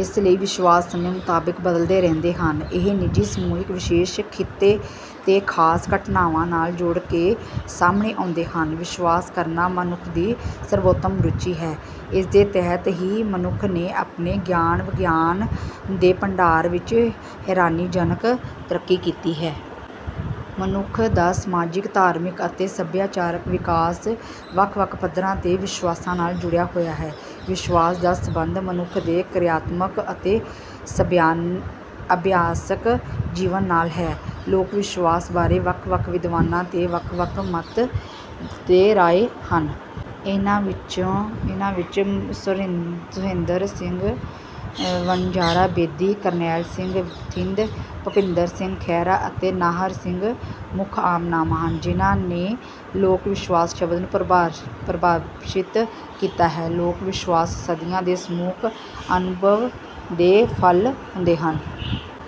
ਇਸ ਲਈ ਵਿਸ਼ਵਾਸ ਸਮੇਂ ਮੁਤਾਬਿਕ ਬਦਲਦੇ ਰਹਿੰਦੇ ਹਨ। ਇਹ ਨਿੱਜੀ, ਸਮੂਹਿਕ, ਵਿਸ਼ੇਸ਼ ਖਿੱਤੇ ਤੇ ਖਾਸ ਘਟਨਾਵਾਂ ਨਾਲ ਜੁੜ ਕੇ ਸਾਹਮਣੇ ਆਉਂਦੇ ਹਨ। ਵਿਸ਼ਵਾਸ ਕਰਨਾ ਮਨੁੱਖ ਦੀ ਸਰਵੋਤਮ ਰੁਚੀ ਹੈ। ਇਸਦੇ ਤਹਿਤ ਹੀ ਮਨੁੱਖ ਨੇ ਆਪਣੇ ਗਿਆਨ-ਵਿਗਿਆਨ ਦੇ ਭੰਡਾਰ ਵਿੱਚ ਹੈਰਾਨੀਜਨਕ ਤਰੱਕੀ ਕੀਤੀ ਹੈ। ਮਨੁੱਖ ਦਾ ਸਮਾਜਿਕ, ਧਾਰਮਿਕ ਅਤੇ ਸੱਭਿਆਚਾਰਕ ਵਿਕਾਸ ਵੱਖ-ਵੱਖ ਪੱਧਰਾਂ ਤੇ ਵਿਸ਼ਵਾਸਾਂ ਨਾਲ ਜੁੜਿਆ ਹੋਇਆ ਹੈ। ਵਿਸ਼ਵਾਸ ਦਾ ਸਬੰਧ ਮਨੁੱਖ ਦੇ ਕਿਰਿਆਤਮਕ ਅਤੇ ਅਭਿਆਸਕ ਜੀਵਨ ਨਾਲ ਹੈ। ਲੋਕ ਵਿਸ਼ਵਾਸ ਬਾਰੇ ਵੱਖ-ਵੱਖ ਵਿਦਵਾਨਾਂ ਦੇ ਵੱਖ-ਵੱਖ ਮੱਤ ਤੇ ਰਾਏ ਹਨ। ਇਨ੍ਹਾਂ ਵਿੱਚ ਸੋਹਿੰਦਰ ਸਿੰਘ ਵਣਜਾਰਾ ਬੇਦੀ, ਕਰਨੈਲ ਸਿੰਘ ਥਿੰਦ, ਭੁਪਿੰਦਰ ਸਿੰਘ ਖਹਿਰਾ ਅਤੇ ਨਾਹਰ ਸਿੰਘ ਮੁੱਖ ਨਾਂਮ ਹਨ ਜਿਨ੍ਹਾਂ ਨੇ ਲੋਕ ਵਿਸ਼ਵਾਸ ਸ਼ਬਦ ਨੂੰ ਪਰਿਭਾਸ਼ਿਤ ਕੀਤਾ ਹੈ। ਲੋਕ ਵਿਸ਼ਵਾਸ ਸਦੀਆਂ ਦੇ ਸਮੂਹਿਕ ਅਨੁਭਵ ਦੇ ਫ਼ਲ ਹੁੰਦੇ ਹਨ।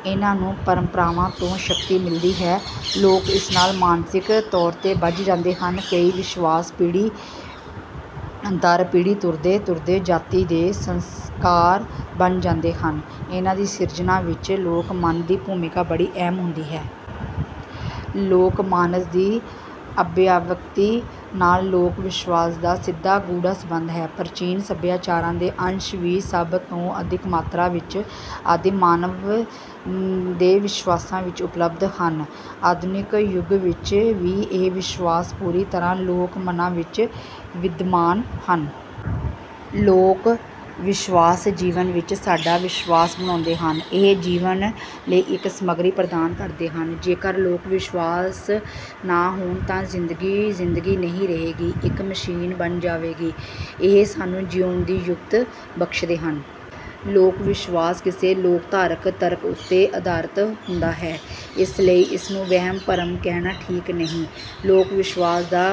ਇਨ੍ਹਾਂ ਨੂੰ ਪਰੰਪਰਾਵਾਂ ਤੋਂ ਸ਼ਕਤੀ ਮਿਲਦੀ ਹੈ। ਲੋਕ ਇਸ ਨਾਲ ਮਾਨਸਿਕ ਤੌਰ ਤੇ ਬੱਝ ਜਾਂਦੇ ਹਨ। ਕਈ ਵਿਸ਼ਵਾਸ ਪੀੜ੍ਹੀ ਦਰ ਪੀੜ੍ਹੀ ਤੁਰਦੇ ਤੁਰਦੇ ਜਾਤੀ ਦੇ ਸੰਸਕਾਰ ਬਣ ਜਾਂਦੇ ਹਨ। ਇਨ੍ਹਾਂ ਦੀ ਸਿਰਜਣਾ ਵਿੱਚ ਲੋਕ ਮਨ ਦੀ ਭੂਮਿਕਾ ਬੜੀ ਅਹਿਮ ਹੁੰਦੀ ਹੈ। ਲੋਕ ਮਾਨਸ ਦੀ ਅਭਿਵਿਅਕਤੀ ਨਾਲ ਲੋਕ ਵਿਸ਼ਵਾਸ ਦਾ ਸਿੱਧਾ ਗੂੜ੍ਹਾ ਸਬੰਧ ਹੈ। ਪ੍ਰਾਚੀਨ ਸੱਭਿਆਚਾਰਾਂ ਦੇ ਅੰਸ਼ ਵੀ ਸਭ ਤੋਂ ਅਧਿਕ ਮਾਤਰਾ ਵਿੱਚ ਆਦਿਮ ਮਾਨਵ ਦੇ ਵਿਸ਼ਵਾਸਾਂ ਵਿੱਚ ਉਪਲੱਬਧ ਹਨ। ਆਧੁਨਿਕ ਯੁੱਗ ਵਿੱਚ ਵੀ ਇਹ ਵਿਸ਼ਵਾਸ ਪੂਰੀ ਤਰ੍ਹਾਂ ਲੋਕ ਮਨਾਂ ਵਿੱਚ ਵਿਦਮਾਨ ਹਨ। ਲੋਕ ਵਿਸ਼ਵਾਸ ਜੀਵਨ ਵਿੱਚ ਸਾਡਾ ਵਿਸ਼ਵਾਸ ਬਣਾਉਂਦੇ ਹਨ। ਇਹ ਜੀਵਨ ਲਈ ਇੱਕ ਸਮੱਗਰੀ ਪ੍ਰਦਾਨ ਕਰਦੇ ਹਨ। ਜੇਕਰ ਲੋਕ ਵਿਸ਼ਵਾਸ ਨਾ ਹੋਣ ਤਾਂ ਜ਼ਿੰਦਗੀ ਜ਼ਿੰਦਗੀ ਨਹੀਂ ਰਹੇਗੀ, ਇੱਕ ਮਸ਼ੀਨ ਬਣ ਜਾਵੇਗੀ। ਇਹ ਸਾਨੂੰ ਜਿਉਣ ਦੀ ਯੁਕਤ ਬਖ਼ਸ਼ਦੇ ਹਨ। ਲੋਕ ਵਿਸ਼ਵਾਸ ਕਿਸੇ ਲੋਕਧਾਰਕ ਤਰਕ ਉੱਤੇ ਅਧਾਰਿਤ ਹੁੰਦਾ ਹੈ ਇਸ ਲਈ ਇਸ ਨੂੰ ਵਹਿਮ-ਭਰਮ ਕਹਿਣਾ ਠੀਕ ਨਹੀਂ। ਲੋਕ ਵਿਸ਼ਵਾਸ ਦਾ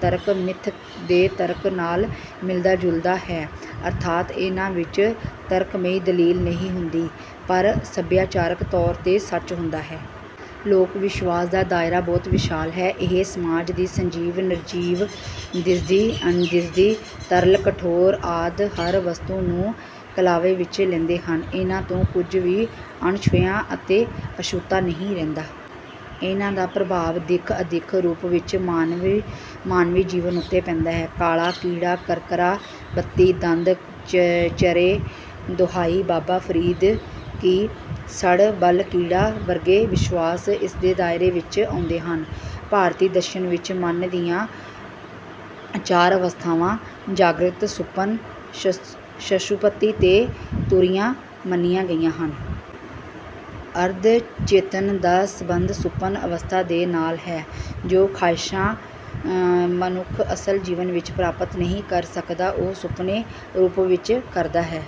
ਤਰਕ ਮਿੱਥ ਦੇ ਤਰਕ ਨਾਲ ਮਿਲਦਾ ਜੁਲਦਾ ਹੈ। ਅਰਥਾਤ ਇਨ੍ਹਾਂ ਵਿੱਚ ਤਰਕਮਈ ਦਲੀਲ ਨਹੀਂ ਹੁੰਦੀ ਪਰ ਸੱਭਿਆਚਾਰਕ ਤੌਰ ਤੇ ਸੱਚ ਹੁੰਦਾ ਹੈ। ਲੋਕ ਵਿਸ਼ਵਾਸ ਦਾ ਦਾਇਰਾ ਬਹੁਤ ਵਿਸ਼ਾਲ ਹੈ। ਇਹ ਸਮਾਜ ਦੀ ਸੰਜੀਵ, ਨਿਰਜੀਵ, ਦਿਸਦੀ, ਅਣਦਿਸਦੀ, ਤਰਲ, ਕਠੋਰ ਆਦਿ ਹਰ ਵਸਤੂ ਨੂੰ ਕਲਾਵੇ ਵਿੱਚ ਲੈਂਦੇ ਹਨ। ਇਨ੍ਹਾਂ ਤੋਂ ਕੁੱਝ ਵੀ ਅਣਛੂਹਿਆ ਤੇ ਅਛੂਤਾ ਨਹੀਂ ਰਹਿੰਦਾ। ਇਨ੍ਹਾਂ ਦਾ ਪ੍ਰਭਾਵ ਦਿੱਖ-ਅਦਿੱਖ ਰੂਪ ਵਿੱਚ ਮਾਨਵੀ ਜੀਵਨ ਉੱਤੇ ਪੈਂਦਾ ਹੈ। "ਕਾਲਾ ਕੀੜਾ, ਕਰਕਰਾ, ਬੱਤੀ, ਦੰਦ ਚਰੇ, ਦੁਹਾਈ, ਬਾਬਾ ਫਰੀਦ ਕੀ, ਸੜ ਬਲ ਕੀੜਾ" ਵਰਗੇ ਵਿਸ਼ਵਾਸ ਇਸੇ ਦਾਇਰੇ ਵਿੱਚ ਆਉਂਦੇ ਹਨ। ਭਾਰਤੀ ਦਰਸ਼ਨ ਵਿੱਚ ਮਨ ਦੀਆਂ ਚਾਰ ਅਵਸਥਾਵਾਂ ਜਾਗ੍ਰਤ, ਸੁਪਨ, ਸੁਸ਼ੁਪਤੀ ਤੇ ਤੁਰੀਆ ਮੰਨੀਆਂ ਗਈਆਂ ਹਨ। ਅਰਧ ਚੇਤਨ ਦਾ ਸਬੰਧ ਸੁਪਨ ਅਵਸਥਾ ਦੇ ਨਾਲ ਹੈ। ਜੋ ਖਾਹਿਸ਼ਾਂ ਮਨੁੱਖ ਅਸਲ ਜੀਵਨ ਵਿੱਚ ਪ੍ਰਾਪਤ ਨਹੀਂ ਕਰ ਸਕਦਾ ਉਹ ਸੁਪਨੇ ਰੂਪ ਵਿੱਚ ਕਰਦਾ ਹੈ